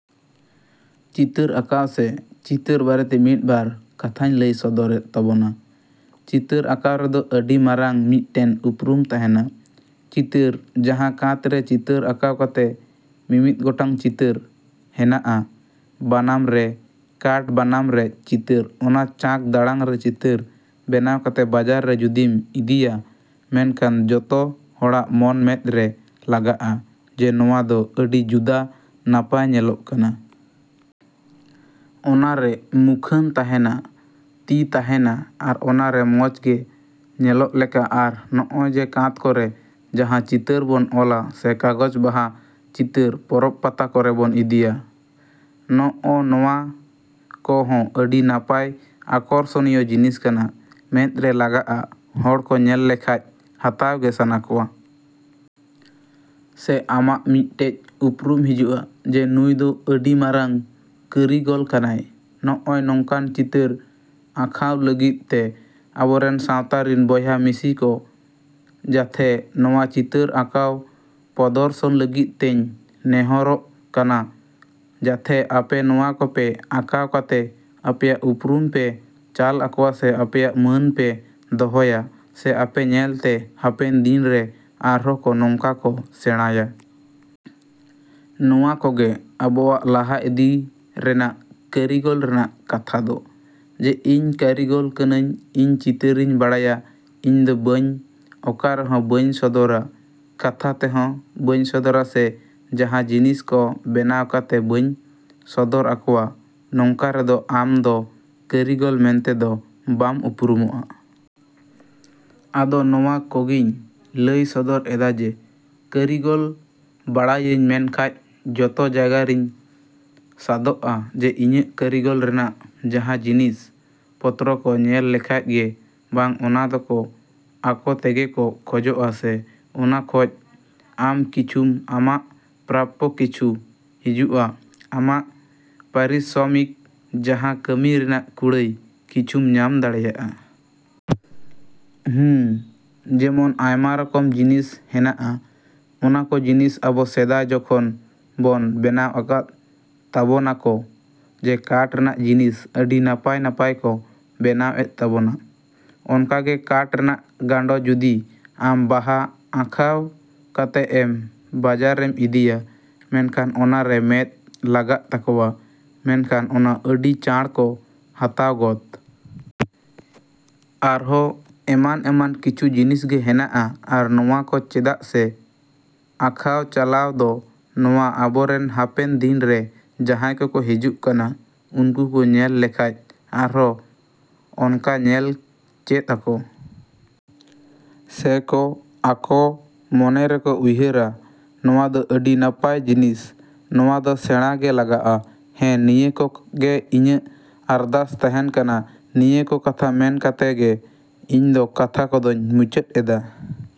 ᱪᱤᱛᱟᱹᱨ ᱟᱸᱠᱟᱣ ᱥᱮ ᱪᱤᱛᱟᱹᱨ ᱵᱟᱨᱮᱛᱮ ᱢᱤᱫ ᱵᱟᱨ ᱠᱟᱛᱷᱟᱧ ᱞᱟᱹᱭ ᱥᱚᱫᱚᱨᱮᱫ ᱛᱟᱵᱚᱱᱟ᱾ ᱪᱤᱛᱟᱹᱨ ᱟᱸᱠᱷᱟᱣ ᱨᱮᱫᱚ ᱟᱹᱰᱤ ᱢᱟᱨᱟᱝ ᱢᱤᱫᱴᱮᱱ ᱩᱯᱨᱩᱢ ᱛᱟᱦᱮᱱᱟ᱾ ᱪᱤᱛᱟᱹᱨ ᱡᱟᱸᱦᱟ ᱠᱟᱸᱛ ᱨᱮ ᱪᱤᱛᱟᱹᱨ ᱟᱸᱠᱟᱣ ᱠᱟᱛᱮ ᱢᱤᱢᱤᱫ ᱜᱚᱴᱟᱝ ᱪᱤᱛᱟᱹᱨ ᱦᱮᱱᱟᱜᱼᱟ ᱵᱟᱱᱟᱢ ᱨᱮ ᱠᱟᱴ ᱵᱟᱱᱟᱢ ᱨᱮ ᱪᱤᱛᱟᱹᱨ ᱚᱱᱟ ᱪᱟᱸᱠ ᱫᱟᱲᱟᱝ ᱨᱮ ᱪᱤᱛᱟᱹᱨ ᱵᱮᱱᱟᱣ ᱠᱟᱛᱮ ᱵᱟᱡᱟᱨ ᱨᱮ ᱡᱩᱫᱤᱢ ᱤᱫᱤᱭᱟ ᱢᱮᱱᱠᱷᱟᱱ ᱡᱚᱛᱚ ᱦᱚᱲᱟᱜ ᱢᱚᱱ ᱢᱮᱸᱫ ᱨᱮ ᱞᱟᱜᱟᱜᱼᱟ ᱡᱮ ᱱᱚᱣᱟ ᱫᱚ ᱟᱹᱰᱤ ᱡᱩᱫᱟ ᱱᱟᱯᱟᱭ ᱧᱮᱞᱚᱜ ᱠᱟᱱᱟ᱾ ᱚᱱᱟ ᱨᱮ ᱢᱩᱠᱷᱟᱹᱱ ᱛᱟᱦᱮᱱᱟ ᱛᱤ ᱛᱟᱦᱮᱱᱟ ᱟᱨ ᱚᱱᱟᱨᱮ ᱢᱚᱡᱽ ᱜᱮ ᱧᱮᱞᱚᱜ ᱞᱮᱠᱟ ᱟᱨ ᱱᱚᱜᱼᱚᱭ ᱡᱮ ᱠᱟᱸᱛ ᱠᱚᱨᱮ ᱡᱟᱦᱟᱸ ᱪᱤᱛᱟᱹᱨ ᱵᱚᱱ ᱚᱞᱟ ᱥᱮ ᱠᱟᱜᱚᱡ ᱵᱟᱦᱟ ᱪᱤᱛᱟᱹᱨ ᱯᱚᱨᱚᱵ ᱯᱟᱛᱟ ᱠᱚᱨᱮ ᱵᱚᱱ ᱤᱫᱤᱭᱟ᱾ ᱱᱚᱜᱼᱚ ᱱᱚᱣᱟ ᱠᱚ ᱦᱚᱸ ᱟᱹᱰᱤ ᱱᱟᱯᱟᱭ ᱟᱠᱚᱨᱥᱚᱱᱤᱭᱚ ᱡᱤᱱᱤᱥ ᱠᱟᱱᱟ ᱢᱮᱸᱫ ᱨᱮ ᱞᱟᱜᱟᱜᱼᱟ ᱦᱚᱲ ᱠᱚ ᱧᱮᱞ ᱞᱮᱠᱷᱟᱡ ᱦᱟᱛᱟᱣ ᱜᱮ ᱥᱟᱱᱟ ᱠᱚᱣᱟ᱾ ᱥᱮ ᱟᱢᱟᱜ ᱢᱤᱫᱴᱮᱡ ᱩᱯᱨᱩᱢ ᱦᱤᱡᱩᱜᱼᱟ ᱡᱮ ᱱᱩᱭ ᱫᱚ ᱟᱹᱰᱤ ᱢᱟᱨᱟᱝ ᱠᱟᱹᱨᱤᱜᱚᱞ ᱠᱟᱱᱟᱭ᱾ ᱱᱚᱜᱼᱚᱭ ᱱᱚᱝᱠᱟᱱ ᱪᱤᱛᱟᱹᱨ ᱟᱸᱠᱷᱟᱣ ᱞᱟᱹᱜᱤᱫ ᱛᱮ ᱟᱵᱚ ᱨᱮᱱ ᱥᱟᱶᱛᱟ ᱨᱤᱱ ᱵᱚᱭᱦᱟ ᱢᱤᱥᱤ ᱠᱚ ᱡᱟᱛᱷᱮ ᱱᱚᱣᱟ ᱪᱤᱛᱟᱹᱨ ᱟᱸᱠᱟᱣ ᱯᱚᱫᱚᱨᱥᱚᱱ ᱞᱟᱹᱜᱤᱫ ᱛᱮᱧ ᱱᱮᱦᱚᱨᱚᱜ ᱠᱟᱱᱟ ᱡᱟᱛᱷᱮ ᱟᱯᱮ ᱱᱚᱣᱟ ᱠᱚᱯᱮ ᱟᱸᱠᱷᱟᱣ ᱠᱟᱛᱮ ᱟᱯᱮᱭᱟᱜ ᱩᱯᱨᱩᱢ ᱯᱮ ᱪᱟᱞ ᱟᱠᱚᱣᱟ ᱥᱮ ᱟᱯᱮᱭᱟᱜ ᱢᱟᱹᱱ ᱯᱮ ᱫᱚᱦᱚᱭᱟ ᱥᱮ ᱟᱯᱮ ᱧᱮᱞᱛᱮ ᱦᱟᱯᱮᱱ ᱫᱤᱱ ᱨᱮ ᱟᱨᱦᱚ ᱠᱚ ᱱᱚᱝᱠᱟ ᱠᱚ ᱥᱮᱬᱟᱭᱟ᱾ ᱱᱚᱣᱟ ᱠᱚᱜᱮ ᱟᱵᱚᱣᱟᱜ ᱞᱟᱦᱟ ᱤᱫᱤ ᱨᱮᱱᱟᱜ ᱠᱟᱹᱨᱤᱜᱚᱞ ᱨᱮᱱᱟᱜ ᱠᱟᱛᱷᱟ ᱫᱚ᱾ ᱡᱮ ᱤᱧ ᱠᱟᱹᱨᱤᱜᱚᱞ ᱠᱟᱹᱱᱟᱹᱧ ᱤᱧ ᱪᱤᱛᱟᱹᱨᱤᱧ ᱵᱟᱲᱟᱭᱟ ᱤᱧᱫᱚ ᱵᱟᱹᱧ ᱚᱠᱟ ᱨᱮᱦᱚᱸ ᱵᱟᱹᱧ ᱥᱚᱫᱚᱨᱟ ᱠᱟᱛᱷᱟ ᱛᱮᱦᱚᱸ ᱵᱟᱹᱧ ᱥᱚᱫᱚᱨᱟ ᱥᱮ ᱡᱟᱦᱟᱸ ᱡᱤᱱᱤᱥ ᱠᱚ ᱵᱮᱱᱟᱣ ᱠᱟᱛᱮ ᱵᱟᱹᱧ ᱥᱚᱫᱚᱨ ᱟᱠᱚᱣᱟ ᱱᱚᱝᱠᱟ ᱨᱮᱫᱚ ᱟᱢᱫᱚ ᱠᱟᱹᱨᱤᱜᱚᱞ ᱢᱮᱱᱛᱮ ᱫᱚ ᱵᱟᱢ ᱩᱯᱨᱩᱢᱚᱜᱼᱟ᱾ ᱟᱫᱚ ᱱᱚᱣᱟ ᱠᱚᱜᱤᱧ ᱞᱟᱹᱭ ᱥᱚᱫᱚᱨ ᱮᱫᱟ ᱡᱮ ᱠᱟᱹᱨᱤᱜᱚᱞ ᱵᱟᱲᱟᱭᱟᱹᱧ ᱢᱮᱱᱠᱷᱟᱡ ᱡᱚᱛᱚ ᱡᱟᱭᱜᱟ ᱨᱤᱧ ᱥᱟᱫᱚᱜᱼᱟ ᱡᱮ ᱤᱧᱟᱹᱜ ᱠᱟᱹᱨᱤᱜᱚᱞ ᱨᱮᱱᱟᱜ ᱡᱟᱦᱟᱸ ᱡᱤᱱᱤᱥ ᱯᱚᱛᱨᱚ ᱠᱚ ᱧᱮᱞ ᱞᱮᱠᱷᱟᱡ ᱜᱮ ᱵᱟᱝ ᱚᱱᱟ ᱫᱚᱠᱚ ᱟᱠᱚ ᱛᱮᱜᱮ ᱠᱚ ᱠᱷᱚᱡᱚᱜᱼᱟ ᱥᱮ ᱚᱱᱟ ᱠᱷᱚᱡ ᱟᱢ ᱠᱤᱪᱷᱩᱢ ᱟᱢᱟᱜ ᱯᱨᱟᱯᱯᱚ ᱠᱤᱪᱷᱩ ᱦᱤᱡᱩᱜᱼᱟ ᱟᱢᱟᱜ ᱯᱟᱨᱤᱥᱨᱚᱢᱤᱠ ᱡᱟᱦᱟᱸ ᱠᱟᱹᱢᱤ ᱨᱮᱱᱟᱜ ᱠᱩᱲᱟᱹᱭ ᱠᱤᱪᱷᱩᱢ ᱧᱟᱢ ᱫᱟᱲᱮᱭᱟᱜᱼᱟ᱾ ᱦᱩᱸ ᱡᱮᱢᱚᱱ ᱟᱭᱢᱟ ᱨᱚᱠᱚᱢ ᱡᱤᱱᱤᱥ ᱦᱮᱱᱟᱜᱼᱟ ᱚᱱᱟ ᱠᱚ ᱡᱤᱱᱤᱥ ᱟᱵᱚ ᱥᱮᱫᱟᱭ ᱡᱚᱠᱷᱚᱱ ᱵᱚᱱ ᱵᱮᱱᱟᱣᱟᱠᱟᱫ ᱛᱟᱵᱚᱱᱟ ᱠᱚ ᱡᱮ ᱠᱟᱴ ᱨᱮᱱᱟᱜ ᱡᱤᱱᱤᱥ ᱟᱹᱰᱤ ᱱᱟᱯᱟᱭ ᱱᱟᱯᱟᱭ ᱠᱚ ᱵᱮᱱᱟᱣ ᱮᱫ ᱛᱟᱵᱚᱱᱟ᱾ ᱚᱱᱠᱟ ᱜᱮ ᱠᱟᱴ ᱨᱮᱱᱟᱜ ᱜᱟᱸᱰᱚ ᱡᱩᱫᱤ ᱟᱢ ᱵᱟᱦᱟ ᱟᱸᱠᱷᱟᱣ ᱠᱟᱛᱮ ᱮᱢ ᱵᱟᱡᱟᱨᱮᱢ ᱤᱫᱤᱭᱟ ᱢᱮᱱᱠᱷᱟᱱ ᱚᱱᱟ ᱨᱮ ᱢᱮᱸᱫ ᱞᱟᱜᱟᱜ ᱛᱟᱠᱚᱣᱟ ᱢᱮᱱᱠᱷᱟᱱ ᱚᱱᱟ ᱟᱹᱰᱤ ᱪᱟᱬ ᱠᱚ ᱦᱟᱛᱟᱣ ᱜᱚᱫ᱾ ᱟᱨᱦᱚ ᱮᱢᱟᱱ ᱮᱢᱟᱱ ᱠᱤᱪᱷᱩ ᱡᱤᱱᱤᱥ ᱜᱮ ᱦᱮᱱᱟᱜᱼᱟ ᱟᱨ ᱱᱚᱣᱟ ᱠᱚ ᱪᱮᱫᱟᱜ ᱥᱮ ᱟᱸᱠᱷᱟᱣ ᱪᱟᱞᱟᱣ ᱫᱚ ᱱᱚᱣᱟ ᱟᱵᱚ ᱨᱮᱱ ᱦᱟᱯᱮᱱ ᱫᱤᱱ ᱨᱮ ᱡᱟᱦᱟᱭ ᱠᱚᱠᱚ ᱦᱤᱡᱩᱜ ᱠᱟᱱᱟ ᱩᱱᱠᱩ ᱠᱚ ᱧᱮᱞ ᱞᱮᱠᱷᱟᱡ ᱟᱨᱦᱚ ᱚᱱᱠᱟ ᱧᱮᱞ ᱪᱮᱫ ᱟᱠᱚ᱾ ᱥᱮ ᱠᱚ ᱟᱠᱚ ᱢᱚᱱᱮ ᱨᱮᱠᱚ ᱩᱭᱦᱟᱹᱨᱟ ᱱᱚᱣᱟ ᱫᱚ ᱟᱹᱰᱤ ᱱᱟᱯᱟᱭ ᱡᱤᱱᱤᱥ ᱱᱚᱣᱟ ᱫᱚ ᱥᱮᱬᱟ ᱜᱮ ᱞᱟᱜᱟᱜᱼᱟ᱾ ᱦᱮᱸ ᱱᱤᱭᱟᱹ ᱠᱚ ᱜᱮ ᱤᱧᱟᱹᱜ ᱟᱨᱫᱟᱥ ᱛᱟᱦᱮᱱ ᱠᱟᱱᱟ ᱱᱤᱭᱟᱹ ᱠᱚ ᱠᱟᱛᱷᱟ ᱢᱮᱱ ᱠᱟᱛᱮ ᱜᱮ ᱤᱧ ᱫᱚ ᱠᱟᱛᱷᱟ ᱠᱚᱫᱚᱧ ᱢᱩᱪᱟᱹᱫ ᱮᱫᱟ᱾